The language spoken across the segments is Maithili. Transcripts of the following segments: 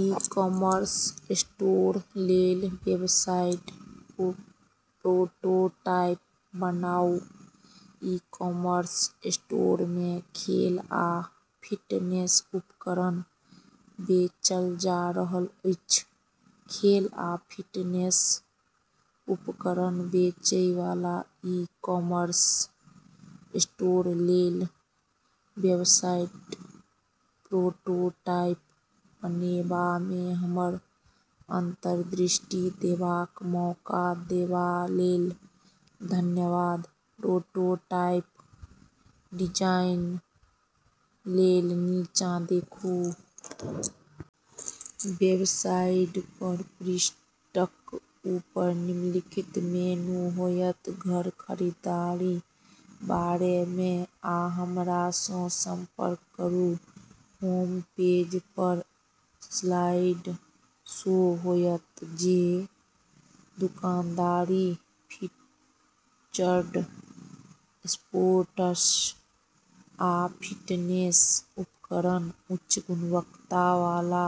ई-कॉमर्स स्टोरलेल वेबसाइट प्रोटोटाइप बनाउ। ई-कॉमर्स स्टोरमे खेल आ फिटनेस उपकरण बेचल जा रहल अछि। खेल आ फिटनेस उपकरण बेचैवाला ई-कॉमर्स स्टोरलेल वेबसाइट प्रोटोटाइप बनेबामे हमर अन्तर्दृष्टि देबाक मौका देबालेल धन्यवाद। प्रोटोटाइप डिजाइनलेल नीचाँ देखू। वेबसाइटपर पृष्ठक ऊपर निम्नलिखित मेनू होयत: घर, खरीदारी, बारेमे, आ हमरासँ सम्पर्क करू। होम पेजपर स्लाइड शो होयत जे दुकानक फीचर्ड स्पोर्ट्स आ फिटनेस उपकरणक उच्च गुणवत्तावाला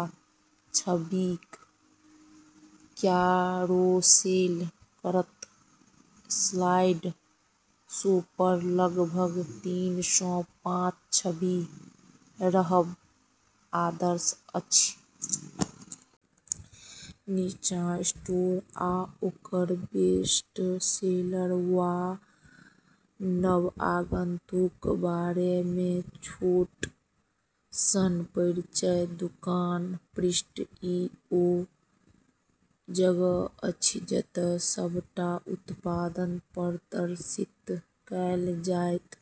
छबिक क्यारोसेल करत। स्लाइड शोपर लगभग तीनसँ पाँच छवि रहब आदर्श अछि। नीचाँ स्टोर आ ओकर बेस्टसेलर वा नव आगन्तुकक बारेमे छोट सन परिचय। दुकान पृष्ठ: ई ओ जगह अछि जतय सबटा उत्पाद प्रदर्शित कएल जायत।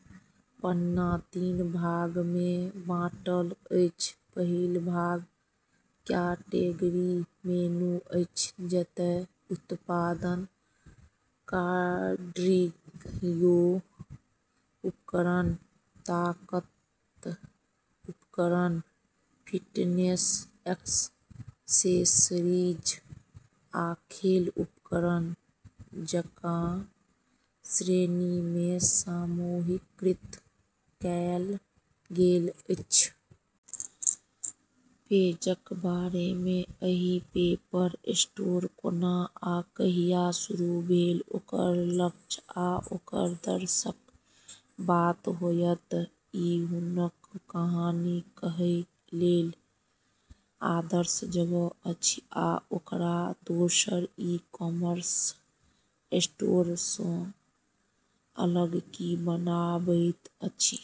पन्ना तीन भागमे बँटल अछि। पहिल भाग क्याटेगरी मेनू अछि, जतय उत्पादकेँ कार्डियो उपकरण, ताकत उपकरण, फिटनेस एक्सेसरीज, आ खेल उपकरण जकाँ श्रेणीमे समूहीकृत कएल गेल अछि। पेजक बारेमे: एहि पेजपर स्टोर कोना आ कहिया शुरू भेल, ओकर लक्ष्य, आ ओकर दर्शनक बात होयत। ई हुनक कहानी कहैलेल आदर्श जगह अछि आ ओकरा दोसर ई-कॉमर्स स्टोरसँ अलग की बनाबैत अछि।